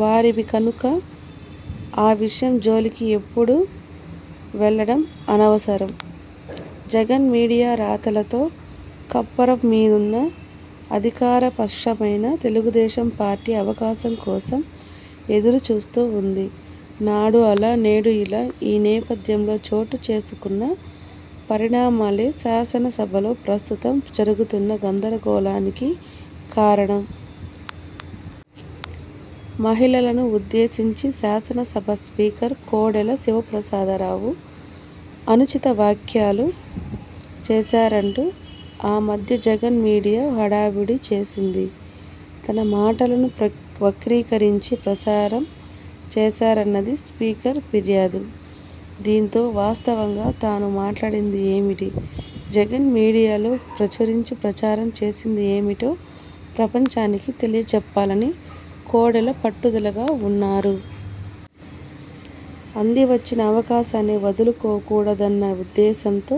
వారివి కనుక ఆ విషయం జోలికి ఇప్పుడు వెళ్లడం అనవసరం. జగన్ మీడియా రాతలతో కంపరం మీదున్న అధికారపక్షమైన తెలుగుదేశం పార్టీ అవకాశం కోసం ఎదురుచూస్తూ ఉంది. నాడు అలా.. నేడు ఇలా! ఈ నేపథ్యంలో చోటుచేసుకున్న పరిణామాలే శాసనసభలో ప్రస్తుతం జరుగుతున్న గందరగోళానికి కారణం. మహిళలను ఉద్దేశించి శాసనసభ స్పీకర్ కోడెల శివప్రసాదరావు అనుచిత వ్యాఖ్యలు చేశారంటూ ఆ మధ్య జగన్ మీడియా హడావుడి చేసింది. తన మాటలను ప్ర వక్రీకరించి ప్రసారం చేశారన్నది స్పీకర్ ఫిర్యాదు. దీంతో వాస్తవంగా తాను మాట్లాడింది ఏమిటి, జగన్ మీడియాలో ప్రచురించి, ప్రచారం చేసింది ఏమిటో ప్రపంచానికి తెలియజెప్పాలని కోడెల పట్టుదలగా ఉన్నారు. అంది వచ్చిన అవకాశాన్ని వదులుకోకూడదన్న ఉద్దేశంతో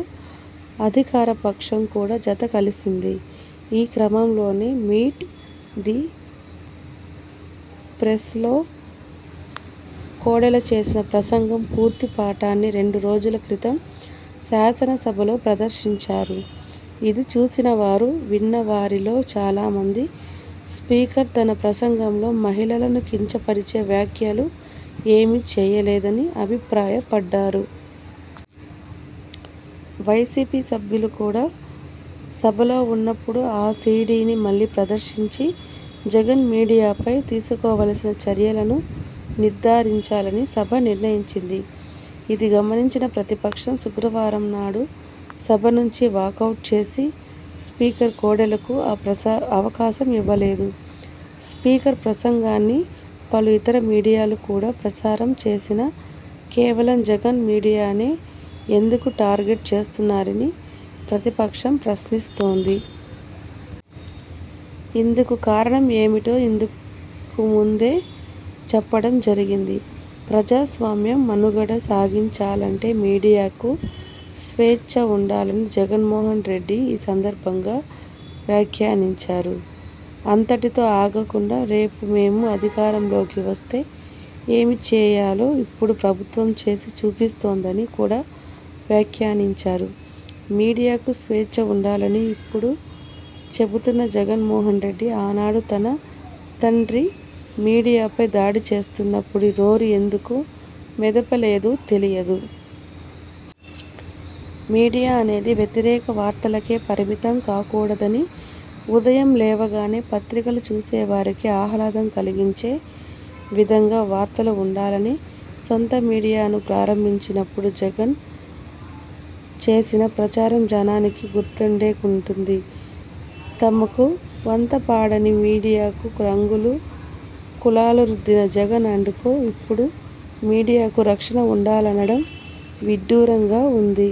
అధికారపక్షం కూడా జత కలిసింది. ఈ క్రమంలోనే మీట్ ది ప్రెస్లో కోడెల చేసిన ప్రసంగం పూర్తి పాఠాన్ని రెండు రోజుల క్రితం శాసనసభలో ప్రదర్శించారు. ఇది చూసినవారు, విన్న వారిలో చాలా మంది స్పీకర్ తన ప్రసంగంలో మహిళలను కించపరిచే వ్యాఖ్యలు ఏమీ చేయలేదని అభిప్రాయపడ్డారు. వైసీపీ సభ్యులు కూడా సభలో ఉన్నప్పుడు ఆ సీడీని మళ్లీ ప్రదర్శించి జగన్ మీడియాపై తీసుకోవలసిన చర్యలను నిర్ధారించాలని సభ నిర్ణయించింది. ఇది గమనించిన ప్రతిపక్షం, శుక్రవారంనాడు సభ నుంచి వాకౌట్ చేసి స్పీకర్ కోడెలకు ఆ ప్రసా అవకాశం ఇవ్వలేదు. స్పీకర్ ప్రసంగాన్ని పలు ఇతర మీడియాలు కూడా ప్రసారం చేసినా కేవలం జగన్ మీడియానే ఎందుకు టార్గెట్ చేస్తున్నారని ప్రతిపక్షం ప్రశ్నిస్తోంది. ఇందుకు కారణం ఏమిటో ఇంతకు ముందే చెప్పడం జరిగింది. ప్రజాస్వామ్యం మనుగడ సాగించాలంటే మీడియాకు స్వేచ్ఛ ఉండాలని జగన్మోహన్రెడ్డి ఈ సందర్భంగా వ్యాఖ్యానించారు. అంతటితో ఆగకుండా రేపు మేము అధికారంలోకి వస్తే ఏమి చేయాలో ఇప్పుడు ప్రభుత్వం చేసి చూపిస్తోందని కూడా వ్యాఖ్యానించారు. మీడియాకు స్వేచ్ఛ ఉండాలని ఇప్పుడు చెబుతున్న జగన్మోహన్రెడ్డి, ఆనాడు తన తండ్రి మీడియాపై దాడి చేస్తున్నప్పుడు నోరు ఎందుకు మెదపలేదో తెలియదు. మీడియా అనేది వ్యతిరేక వార్తలకే పరిమితం కాకూడదనీ, ఉదయం లేవగానే పత్రికలు చూసేవారికి ఆహ్లాదం కలిగించే విధంగా వార్తలు ఉండాలనీ సొంత మీడియాను ప్రారంభించినప్పుడు జగన్ చేసిన ప్రచారం జనానికి గుర్తుండే ఉంటుంది. తమకు వంతపాడని మీడియాకు రంగులు, కులాలు రుద్దిన జగన్ అండ్ కో, ఇప్పుడు మీడియాకు రక్షణ ఉండాలనడం విడ్డూరంగా ఉంది.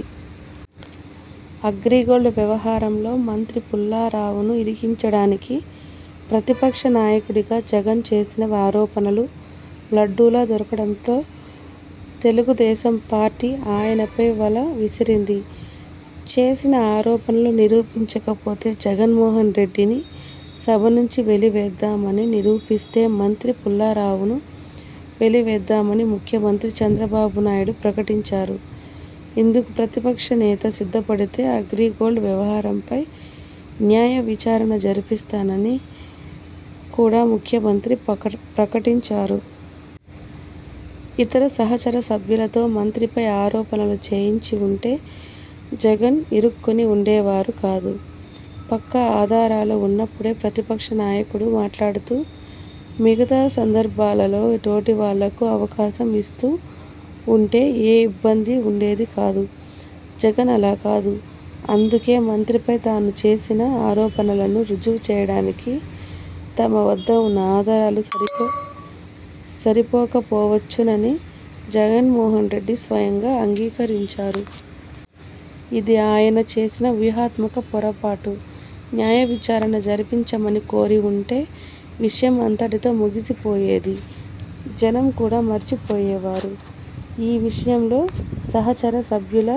అగ్రి గోల్డ్ వ్యవహారంలో మంత్రి పుల్లారావును ఇరికించడానికి ప్రతిపక్ష నాయకుడిగా జగన్ చేసిన ఆరోపణలు లడ్డూలా దొరకడంతో తెలుగుదేశం పార్టీ ఆయనపై వల విసిరింది. చేసిన ఆరోపణలు నిరూపించకపోతే జగన్మోహన్రెడ్డిని సభ నుంచి వెలివేద్దామనీ, నిరూపిస్తే మంత్రి పుల్లారావును వెలివేద్దామనీ ముఖ్యమంత్రి చంద్రబాబునాయుడు ప్రకటించారు. ఇందుకు ప్రతిపక్ష నేత సిద్ధపడితే అగ్రి గోల్డ్ వ్యవహారంపై న్యాయ విచారణ జరిపిస్తానని కూడా ముఖ్యమంత్రి ప్రకటి ప్రకటించారు. ఇతర సహచర సభ్యులతో మంత్రిపై ఆరోపణలు చేయించి ఉంటే జగన్ ఇరుక్కుని ఉండేవారు కాదు. పక్కా ఆధారాలు ఉన్నప్పుడే ప్రతిపక్ష నాయకుడు మాట్లాడుతూ, మిగతా సందర్భాలలో తోటివాళ్లకు అవకాశం ఇస్తూ ఉంటే ఏ ఇబ్బందీ ఉండేది కాదు. జగన్ అలా కాదు. అందుకే మంత్రిపై తాను చేసిన ఆరోపణలను రుజువు చేయడానికి తన వద్ద ఉన్న ఆధారాలు సరిపోకపోవచ్చునని జగన్మోహన్రెడ్డి స్వయంగా అంగీకరించారు. ఇది ఆయన చేసిన వ్యూహాత్మక పొరపాటు! న్యాయ విచారణ జరిపించమని కోరి ఉంటే విషయం అంతటితో ముగిసిపోయేది. జనం కూడా మర్చిపోయేవారు. ఈ విషయంలో సహచర సభ్యుల